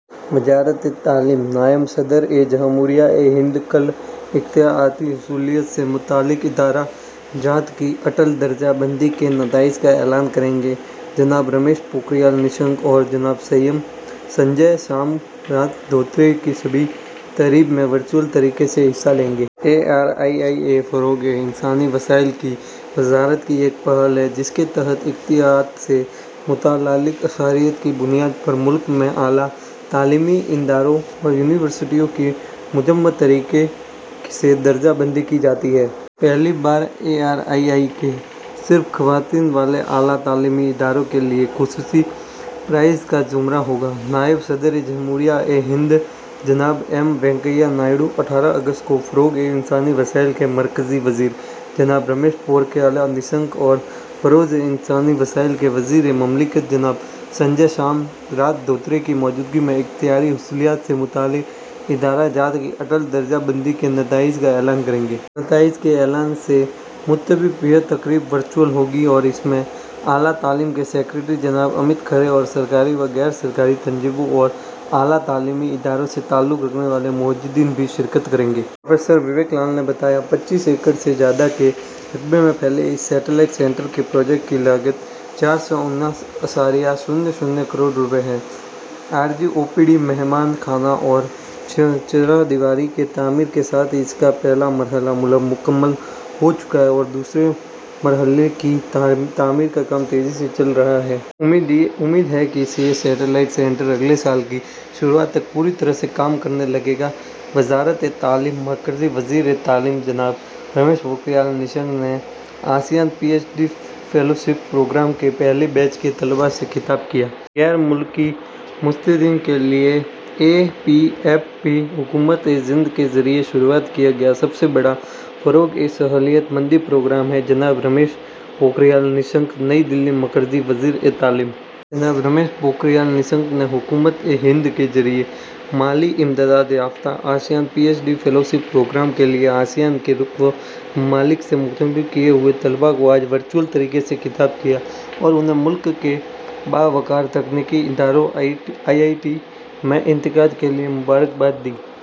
وزارتِ تعلیم نائب صدر جمہوریہ ہند کل اختراعاتی حصولیابیوں سے متعلق ادارہ جات کی اٹل درجہ بندی کے نتائج کا اعلان کریں گے۔ جناب رمیش پوکھریال نشنک اور جناب سنجے شام راؤ دھوترے بھی اس تقریب میں ورچوئل طریقے سے حصہ لیں گے۔ اے آر آئی آئی اے فروغِ انسانی وسائل کی وزارت کی ایک پہل ہے، جس کے تحت اختراعات سے متعلق اشاریہ جات کی بنیاد پر ملک میں اعلیٰ تعلیمی اداروں اور یونیورسٹیوں کی منظم طریقے سے درجہ بندی کی جاتی ہے۔ پہلی بار اے آر آئی آئی اے میں صرف خواتین والے اعلیٰ تعلیمی اداروں کے لیے خصوصی پرائز کا زمرہ ہوگا۔ نائب صدر جمہوریہ ہند جناب ایم وینکیا نائیڈو اٹھارہ اگست کو فروغِ انسانی وسائل کے مرکزی وزیر جناب رمیش پوکھریال نشنک اور فروغِ انسانی وسائل کے وزیر مملکت جناب سنجے شام راؤ دھوترے کی موجودگی میں اختراعاتی حصولیابیوں سے متعلق ادارہ جات کی اٹل درجہ بندی کے نتائج کا اعلان کریں گے۔ نتائج کے اعلان سے متعلق یہ تقریب ورچوئل ہوگی اور اس میں اعلیٰ تعلیم کے سکریٹری جناب امت کھرے اور سرکاری و غیر سرکاری تنظیموں اور اعلیٰ تعلیمی اداروں سے تعلق رکھنے والے معززین بھی شرکت کریں گے۔ پروفیسر وویک لال نے بتایا، ''پچیس ایکڑ سے زیادہ کے رقبے میں پھیلے اس سیٹلائٹ سنٹر کے پروجیکٹ کی لاگت چار سو انچاس اعشاریہ صفر صفر کروڑ روپے ہے۔ عارضی او پی ڈی، مہمان خانہ اور چہار دیواری کی تعمیر کے ساتھ ہی اس کا پہلا مرحلہ مکمل ہو چکا ہے اور دوسرے مرحلے کی تعمیر کا کام تیزی سے چل رہا ہے۔ امید ہے کہ یہ سیٹلائٹ سنٹر اگلے سال کی شروعات تک پوری طرح سے کام کرنے لگے گا۔'' وزارتِ تعلیم مرکزی وزیر تعلیم جناب رمیش پوکھریال نشنک نے ASEAN P H D fellowship programme کے پہلے بیچ کے طلباء سے خطاب کیا۔ غیر ملکی مستفیدین کے لیے اے پی ایف پی حکومتِ ہند کے ذریعے شروع کیا گیا سب سے بڑا فروغِ صلاحیت مندی پروگرام ہے: جناب رمیش پوکھریال 'نشنک' نئی دہلی: مرکزی وزیر تعلیم جناب رمیش پوکھریال 'نشنک' نے حکومتِ ہند کے ذریعے مالی امداد یافتہ ASEAN P H D fellowship programme کے لیے آسیان کے رکن ممالک سے منتخب کیے گئے طلباء کو آج ورچوئل طریقے سے خطاب کیا اور انھیں ملک کے باوقار تکنیکی اداروں آئی آئی ٹی میں انتخاب کے لیے مبارکباد دی۔